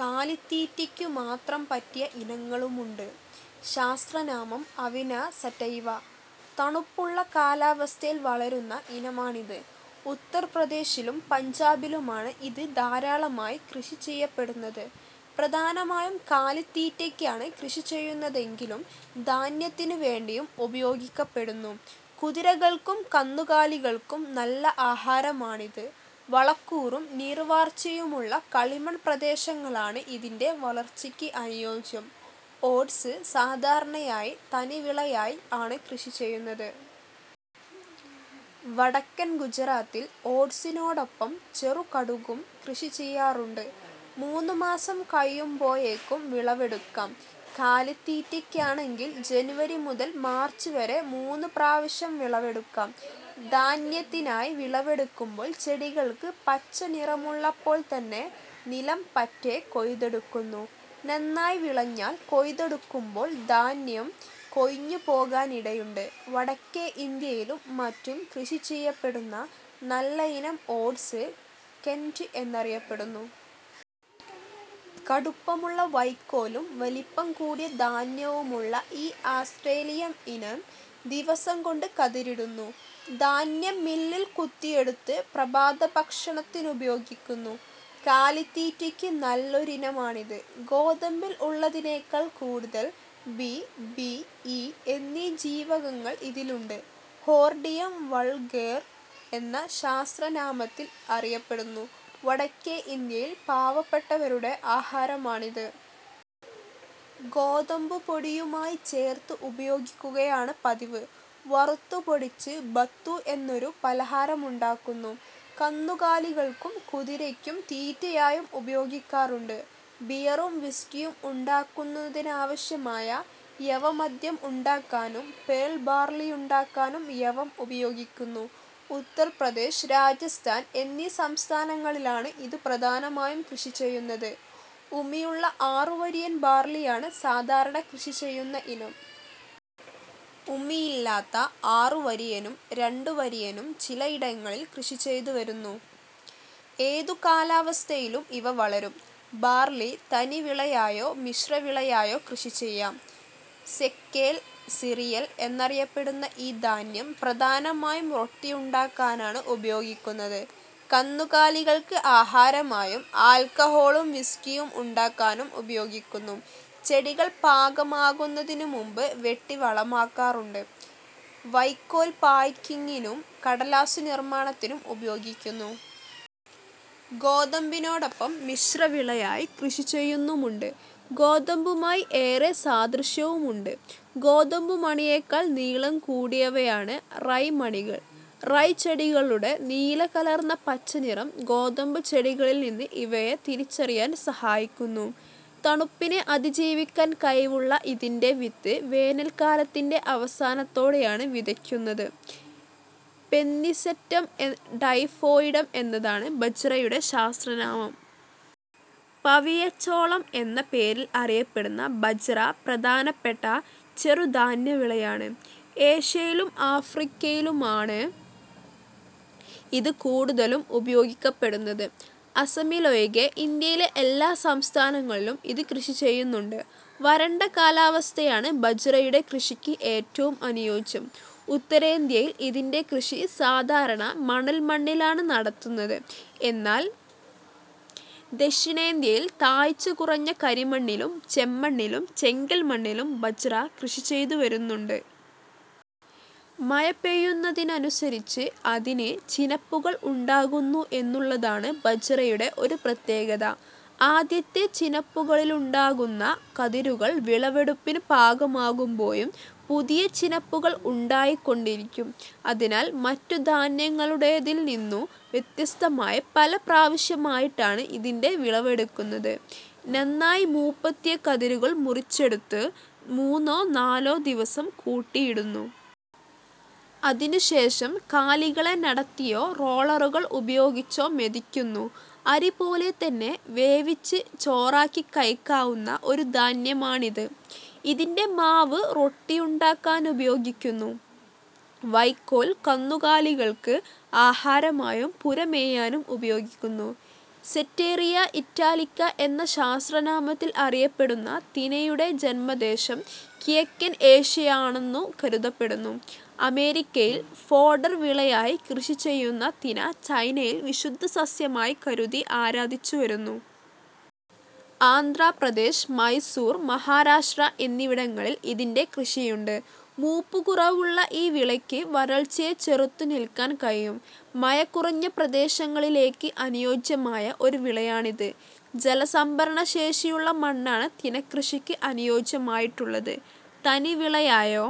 കാലിത്തീറ്റയ്ക്കു മാത്രം പറ്റിയ ഇനങ്ങളുമുണ്ട്. ശാസ്ത്രനാമം: അവിന സറ്റൈവ. തണുപ്പുള്ള കാലാവസ്ഥയിൽ വളരുന്ന ഇനമാണിത്. ഉത്തർപ്രദേശിലും പഞ്ചാബിലുമാണ് ഇത് ധാരാളമായി കൃഷിചെയ്യപ്പെടുന്നത്. പ്രധാനമായും കാലിത്തീറ്റയ്ക്കാണ് കൃഷി ചെയ്യുന്നതെങ്കിലും ധാന്യത്തിനുവേണ്ടിയും ഉപയോഗിക്കപ്പെടുന്നു. കുതിരകൾക്കും കന്നുകാലികൾക്കും നല്ല ആഹാരമാണിത്. വളക്കൂറും നീർവാർച്ചയുമുള്ള കളിമൺപ്രദേശങ്ങളാണ് ഇതിന്റെ വളർച്ചയ്ക്ക് അനുയോജ്യം. ഓട്സ് സാധാരണയായി തനിവിളയായി ആണ് കൃഷിചെയ്യുന്നത്. വടക്കൻ ഗുജറാത്തിൽ ഓട്സിനോടൊപ്പം ചെറുകടുകും കൃഷി ചെയ്യാറുണ്ട്. മൂന്നുമാസം കഴിയുമ്പോഴേക്കും വിളവെടുക്കാം. കാലിത്തീറ്റയ്ക്കാണെങ്കിൽ ജനുവരി മുതൽ മാർച്ച് വരെ മൂന്നുപ്രാവശ്യം വിളവെടുക്കാം. ധാന്യത്തിനായി വിളവെടുക്കുമ്പോൾ ചെടികൾക്ക് പച്ചനിറമുള്ളപ്പോൾത്തന്നെ നിലംപറ്റെ കൊയ്തെടുക്കുന്നു. നന്നായി വിളഞ്ഞാൽ കൊയ്തെടുക്കുമ്പോൾ ധാന്യം കൊഴിഞ്ഞുപോകാനിടയുണ്ട്. വടക്കെ ഇന്ത്യയിലും മറ്റും കൃഷിചെയ്യപ്പെടുന്ന നല്ലയിനം ഓട്സ് 'കെന്റ്' എന്നറിയപ്പെടുന്നു. കടുപ്പമുള്ള വയ്ക്കോലും വലിപ്പം കൂടിയ ധാന്യവുമുള്ള ഈ ആസ്റ്റ്രേലിയൻ ഇനം ദിവസംകൊണ്ട് കതിരിടുന്നു. ധാന്യം മില്ലിൽ കുത്തിയെടുത്ത് പ്രഭാതഭക്ഷണത്തിനുപയോഗിക്കുന്നു. കാലിത്തീറ്റയ്ക്ക് നല്ലൊരിനമാണിത്. ഗോതമ്പിൽ ഉള്ളതിനെക്കാൾ കൂടുതൽ ബി, ബി, ഇ എന്നീ ജീവകങ്ങൾ ഇതിലുണ്ട്. ഹോർഡിയം വൾഗേർ എന്ന ശാസ്ത്രനാമത്തിൽ അറിയപ്പെടുന്നു. വടക്കേ ഇന്ത്യയിൽ പാവപ്പട്ടവരുടെ ആഹാരമാണിത്. ഗോതമ്പുപൊടിയുമായി ചേർത്ത് ഉപയോഗിക്കുകയാണ് പതിവ്. വറുത്ത് പൊടിച്ച് 'ബത്തു' എന്നൊരു പലഹാരമുണ്ടാക്കുന്നു. കന്നുകാലികൾക്കും കുതിരയ്ക്കും തീറ്റയായും ഉപയോഗിക്കാറുണ്ട്. ബിയറും വിസ്കിയും ഉണ്ടാക്കുന്നതിനാവശ്യമായ യവ മദ്യം ഉണ്ടാക്കാനും പേൾ ബാർലിയുണ്ടാക്കാനും യവം ഉപയോഗിക്കുന്നു. ഉത്തർപ്രദേശ്, രാജസ്ഥാൻ എന്നീ സംസ്ഥാനങ്ങളിലാണ് ഇത് പ്രധാനമായും കൃഷിചെയ്യുന്നത്. ഉമിയുള്ള ആറുവരിയൻ ബാർലിയാണ് സാധാരണ കൃഷിചെയ്യുന്ന ഇനം. ഉമിയില്ലാത്ത ആറുവരിയനും രണ്ടുവരിയനും ചിലയിടങ്ങളിൽ കൃഷിചെയ്തുവരുന്നു. ഏതു കാലാവസ്ഥയിലും ഇവ വളരും. ബാർലി തനിവിളയായോ മിശ്രവിളയായോ കൃഷിചെയ്യാം. സെക്കേൽ സിറിയൽ എന്നറിയപ്പെടുന്ന ഈ ധാന്യം പ്രധാനമായും റൊട്ടിയുണ്ടാക്കാനാണ് ഉപയോഗിക്കുന്നത്. കന്നുകാലികൾക്ക് ആഹാരമായും ആൽക്കഹോളും വിസ്കിയും ഉണ്ടാക്കാനും ഉപയോഗിക്കുന്നു. ചെടികൾ പാകമാകുന്നതിനുമുമ്പ് വെട്ടി വളമാക്കാറുണ്ട്. വയ്ക്കോൽ പായ്ക്കിങ്ങിനും കടലാസ്സു നിർമ്മാണത്തിനും ഉപയോഗിക്കുന്നു. ഗോതമ്പിനോടൊപ്പം മിശ്രവിളയായി കൃഷിചെയ്യുന്നുണ്ട്. ഗോതമ്പുമായി ഏറെ സാദൃശ്യവുമുണ്ട്. ഗോതമ്പുമണിയെക്കാൾ നീളം കൂടിയവയാണ് റൈ മണികൾ. റൈ ചെടികളുടെ നീല കലർന്ന പച്ച നിറം ഗോതമ്പുചെടികളിൽനിന്ന് ഇവയെ തിരിച്ചറിയാൻ സഹായിക്കുന്നു. തണുപ്പിനെ അതിജീവിക്കാൻ കഴിവുള്ള ഇതിന്റെ വിത്ത് വേനൽക്കാലാത്തിന്റെ അവസാനത്തേടെയാണ് വിതയ്ക്കുന്നത്. പെന്നിസെറ്റെം ടൈഫോയിഡം എന്നതാണ് ബജ്റയുടെ ശാസ്ത്രനാമം. പവിഴച്ചോളം എന്ന പേരിൽ അറിയപ്പെടുന്ന ബജ്റ പ്രധാനപ്പെട്ട ചെറു ധാന്യവിളയാണ്. ഏഷ്യയിലും ആഫ്രിക്കയിലുമാണ് ഇത് കൂടുതൽ ഉപയോഗിക്കപ്പെടുന്നത്. അസമിലൊഴികെ ഇന്ത്യയിലെ എല്ലാ സംസ്ഥാനങ്ങളിലും ഇത് കൃഷിചെയ്യുന്നുണ്ട്. വരണ്ട കാലാവസ്ഥയാണ് ബജ്റയുടെ കൃഷിക്ക് ഏറ്റവും അനുയോജ്യം. ഉത്തരേന്ത്യയിൽ ഇതിന്റെ കൃഷി സാധാരണ മണൽമണ്ണിലാണ് നടത്തുന്നത്. എന്നാൽ ദക്ഷിണേന്ത്യയിൽ താഴ്ച കുറഞ്ഞ കരിമണ്ണിലും ചെമ്മണ്ണിലും ചെങ്കൽമണ്ണിലും ബജ്റ കൃഷിചെയ്തുവരുന്നുണ്ട്. മഴ പെയ്യുന്നതിനനുസരിച്ച് അതിന് ചിനപ്പുകൾ ഉണ്ടാകുന്നു എന്നുള്ളതാണ് ബജ്റയുടെ ഒരു പ്രത്യേകത. ആദ്യത്തെ ചിനപ്പുകളിലുണ്ടാകുന്ന കതിരുകൾ വിളവെടുപ്പിന് പാകമാകുമ്പോഴും പുതിയ ചിനപ്പുകൾ ഉണ്ടായിക്കൊണ്ടിരിക്കും. അതിനാൽ മറ്റു ധാന്യങ്ങളുടേതിൽനിന്നു വ്യത്യസ്തമായി പല പ്രാവശ്യമായിട്ടാണ് ഇതിന്റെ വിളവെടുക്കുന്നത്. നന്നായി മൂപ്പെത്തിയ കതിരുകൾ മുറിച്ചെടുത്ത് മൂന്നോ നാലോ ദിവസം കൂട്ടിയിടുന്നു. അതിനുശേഷം കാലികളെ നടത്തിയോ റോളറുകൾ ഉപയോഗിച്ചോ മെതിക്കുന്നു. അരിപോലെതന്നെ വേവിച്ച് ചോറാക്കി കഴിക്കാവുന്ന ഒരു ധാന്യമാണിത്. ഇതിന്റെ മാവ് റൊട്ടിയുണ്ടാക്കാനുപയോഗിക്കുന്നു. വയ്ക്കോൽ കന്നുകാലികൾക്ക് ആഹാരമായും പുര മേയാനും ഉപയോഗിക്കുന്നു. സെറ്റേറിയ ഇറ്റാലിക്ക എന്ന ശാസ്ത്രനാമത്തിൽ അറിയപ്പെടുന്ന തിനയുടെ ജന്മദേശം കിഴക്കൻ ഏഷ്യയാണെന്നു കരുതപ്പെടുന്നു. അമേരിക്കയിൽ ഫോഡർ വിളയായി കൃഷി ചെയ്യുന്ന തിന ചൈനയിൽ വിശുദ്ധ സസ്യമായി കരുതി ആരാധിച്ചുവരുന്നു. ആന്ധ്രപ്രദേശ്, മൈസൂർ, മഹാരാഷ്ട്ര എന്നിവിടങ്ങളിൽ ഇതിന്റെ കൃഷിയുണ്ട്. മൂപ്പുകുറവുള്ള ഈ വിളയ്ക്ക് വരൾച്ചയെ ചെറുത്തുനില്ക്കാൻ കഴിയും. മഴ കുറഞ്ഞ പ്രദേശങ്ങളിലേക്ക് അനുയോജ്യമായ ഒരു വിളയാണിത്. ജലസംഭരണശേഷിയുള്ള മണ്ണാണ് തിനക്കൃഷിക്ക് അനുയോജ്യമായിട്ടുള്ളത്. തനിവിളയായോ